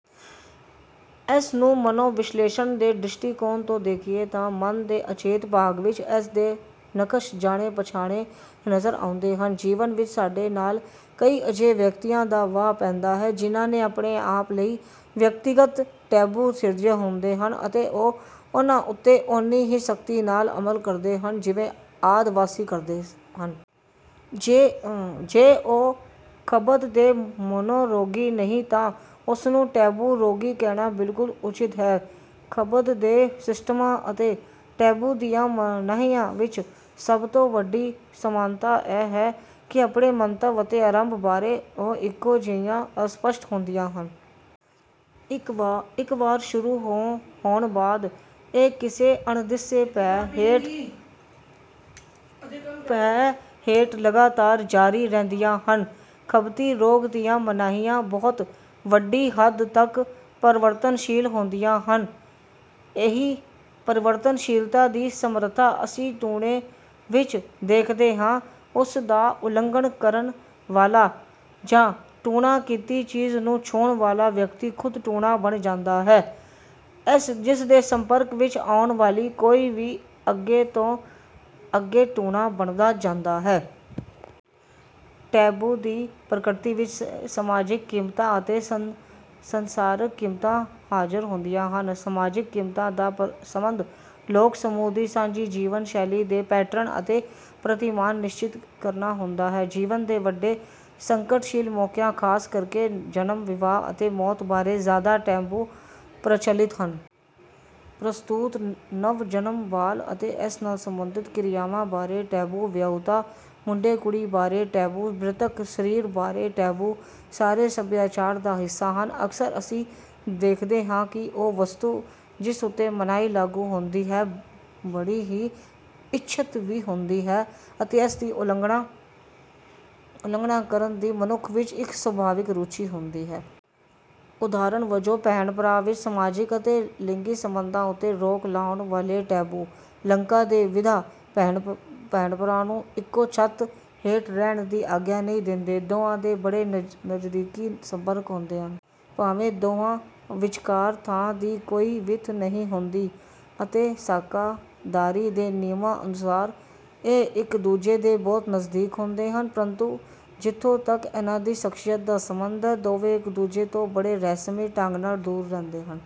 ਇਸ ਨੂੰ ਮਨੋਵਿਸ਼ਲੇਸ਼ਣ ਦੇ ਦ੍ਰਿਸ਼ਟੀਕੋਣ ਤੋਂ ਦੇਖੀਏ ਤਾਂ ਮਨ ਦੇ ਅਚੇਤ ਭਾਗ ਵਿੱਚ ਇਸ ਦੇ ਨਕਸ਼ ਜਾਣੇ-ਪਛਾਣੇ ਨਜ਼ਰ ਆਉਂਦੇ ਹਨ। ਜੀਵਨ ਵਿੱਚ ਸਾਡੇ ਨਾਲ ਕਈ ਅਜਿਹੇ ਵਿਅਕਤੀਆਂ ਦਾ ਵਾਹ ਪੈਂਦਾ ਹੈ, ਜਿਨ੍ਹਾਂ ਨੇ ਆਪਣੇ ਆਪ ਲਈ ਵਿਅਕਤੀਗਤ ਟੈਬੂ ਸਿਰਜੇ ਹੁੰਦੇ ਹਨ ਅਤੇ ਉਹ ਉਨ੍ਹਾਂ ਉੱਤੇ ਓਨੀ ਹੀ ਸਖ਼ਤੀ ਨਾਲ ਅਮਲ ਕਰਦੇ ਹਨ, ਜਿਵੇਂ ਆਦਿ ਵਾਸੀ ਕਰਦੇ ਹਨ। ਜੇ ਉਹ ਖਬਤ ਦੇ ਮਨੋਰੋਗੀ ਨਹੀਂ ਤਾਂ ਉਨ੍ਹਾਂ ਨੂੰ 'ਟੈਬੂ ਰੋਗੀ' ਕਹਿਣਾ ਬਿਲਕੁਲ ਉਚਿਤ ਹੈ। ਖਬਤ ਦੇ ਸਿੰਪਟਮਾਂ ਅਤੇ ਟੈਬੂ ਦੀਆਂ ਮਨਾਹੀਆਂ ਵਿੱਚ ਸਭ ਤੋਂ ਵੱਡੀ ਸਮਾਨਤਾ ਇਹ ਹੈ ਕਿ ਆਪਣੇ ਮੰਤਵ ਅਤੇ ਆਰੰਭ ਬਾਰੇ ਉਹ ਇੱਕੋ ਜਿਹੀਆਂ ਅਸਪੱਸ਼ਟ ਹੁੰਦੀਆਂ ਹਨ। ਇੱਕ ਵਾਰ ਸ਼ੁਰੂ ਹੋਣ ਬਾਅਦ ਇਹ ਕਿਸੇ ਅਣਦਿਸੇ ਭੈਅ ਹੇਠ ਲਗਾਤਾਰ ਜਾਰੀ ਰਹਿੰਦੀਆਂ ਹਨ। ਖਬਤੀ ਰੋਗ ਦੀਆਂ ਮਨਾਹੀਆਂ ਬਹੁਤ ਵੱਡੀ ਹੱਦ ਤੱਕ ਪਰਿਵਰਤਨਸ਼ੀਲ ਹੁੰਦੀਆਂ ਹਨ। ਇਹੀ ਪਰਿਵਰਤਨਸ਼ੀਲਤਾ ਦੀ ਸਮਰੱਥਾ ਅਸੀਂ ਟੂਣੇ ਵਿੱਚ ਦੇਖਦੇ ਹਾਂ ਕਿ ਉਸ ਦਾ ਉਲੰਘਣ ਕਰਨ ਵਾਲਾ ਜਾਂ ਟੂਣਾ ਕੀਤੀ ਚੀਜ਼ ਨੂੰ ਛੂਹਣ ਵਾਲਾ ਵਿਅਕਤੀ ਖ਼ੁਦ ਟੂਣਾ ਬਣ ਜਾਂਦਾ ਹੈ ਜਿਸ ਦੇ ਸੰਪਰਕ ਵਿੱਚ ਆਉਣ ਵਾਲੀ ਕੋਈ ਵੀ ਅੱਗੇ ਤੋਂ ਅੱਗੇ ਟੂਣਾ ਬਣਦਾ ਜਾਂਦਾ ਹੈ। ਟੈਬੂ ਦੀ ਪ੍ਰਕਿਰਤੀ ਵਿੱਚ ਸਮਾਜਿਕ ਕੀਮਤਾਂ ਅਤੇ ਸੰਸਕਾਰਕ ਕੀਮਤਾਂ ਹਾਜ਼ਰ ਹੁੰਦੀਆਂ ਹਨ। ਸਮਾਜਿਕ ਕੀਮਤਾਂ ਦਾ ਸੰਬੰਧ ਲੋਕ ਸਮੂਹ ਦੀ ਸਾਂਝੀ ਜੀਵਨ ਸ਼ੈਲੀ ਦੇ ਪੈਟਰਨ ਅਤੇ ਪ੍ਰਤਿਮਾਨ ਨਿਸ਼ਚਿਤ ਕਰਨਾ ਹੁੰਦਾ ਹੈ। ਜੀਵਨ ਦੇ ਵੱਡੇ ਸੰਕਟਸ਼ੀਲ ਮੌਕਿਆਂ ਖਾਸ ਕਰਕੇ ਜਨਮ, ਵਿਆਹ ਅਤੇ ਮੌਤ ਬਾਰੇ ਜ਼ਿਆਦਾ ਟੈਬੂ ਪ੍ਰਚਲਿਤ ਹਨ। ਪ੍ਰਸਤੂਤ, ਨਵ-ਜਨਮ ਬਾਲ ਅਤੇ ਇਸ ਨਾਲ ਸੰਬੰਧਿਤ ਕਿਰਿਆਵਾਂ ਬਾਰੇ ਟੈਬੂ, ਵਿਆਹੁਤਾ ਮੁੰਡੇ-ਕੁੜੀ ਬਾਰੇ ਟੈਬੂ, ਮ੍ਰਿਤਕ ਸਰੀਰ ਬਾਰੇ ਟੈਬੂ ਸਾਡੇ ਸੱਭਿਆਚਾਰ ਦਾ ਹਿੱਸਾ ਹਨ। ਅਕਸਰ ਅਸੀਂ ਵੇਖਦੇ ਹਾਂ ਕਿ ਉਹ ਵਸਤੂ ਜਿਸ ਉੱਤੇ ਮਨਾਹੀ ਲਾਗੂ ਹੁੰਦੀ ਹੈ, ਬੜੀ ਹੀ ਇੱਛਤ ਵੀ ਹੁੰਦੀ ਹੈ ਅਤੇ ਇਸ ਦੀ ਉਲੰਘਣਾ ਕਰਨ ਦੀ ਮਨੁੱਖ ਵਿੱਚ ਇੱਕ ਸੁਭਾਵਿਕ ਰੁਚੀ ਹੁੰਦੀ ਹੈ। ਉਦਾਹਰਨ ਵਜੋਂ ਭੈਣ-ਭਰਾ ਵਿੱਚ ਸਮਾਜਿਕ ਅਤੇ ਲਿੰਗੀ ਸੰਬੰਧਾਂ ਉੱਤੇ ਰੋਕ ਲਾਉਣ ਵਾਲੇ ਟੈਬੂ। ਲੰਕਾ ਦੇ ਵੀਧਾ ਭੈਣ-ਭਰਾ ਨੂੰ ਇੱਕੋ ਛੱਤ ਹੇਠ ਰਹਿਣ ਦੀ ਆਗਿਆ ਨਹੀਂ ਦਿੰਦੇ। ਦੋਵਾਂ ਦੇ ਬੜੇ ਨਜ਼ਦੀਕੀ ਸੰਪਰਕ ਹੁੰਦੇ ਹਨ। ਭਾਵੇਂ ਦੋਵਾਂ ਵਿਚਕਾਰ ਥਾਂ ਦੀ ਕੋਈ ਵਿੱਥ ਨਹੀਂ ਹੁੰਦੀ ਅਤੇ ਸਾਕਾਦਾਰੀ ਦੇ ਨਿਯਮਾਂ ਅਨੁਸਾਰ ਇਹ ਇੱਕ ਦੂਜੇ ਦੇ ਬਹੁਤ ਨਜ਼ਦੀਕ ਹੁੰਦੇ ਹਨ। ਪਰੰਤੂ ਜਿੱਥੋਂ ਤੱਕ ਇਨ੍ਹਾਂ ਦੀ ਸ਼ਖ਼ਸੀਅਤ ਦਾ ਸੰਬੰਧ ਹੈ, ਦੋਵੇਂ ਇੱਕ ਦੂਜੇ ਤੋਂ ਬੜੇ ਰਹੱਸਮਈ ਢੰਗ ਨਾਲ ਦੂਰ ਰਹਿੰਦੇ ਹਨ।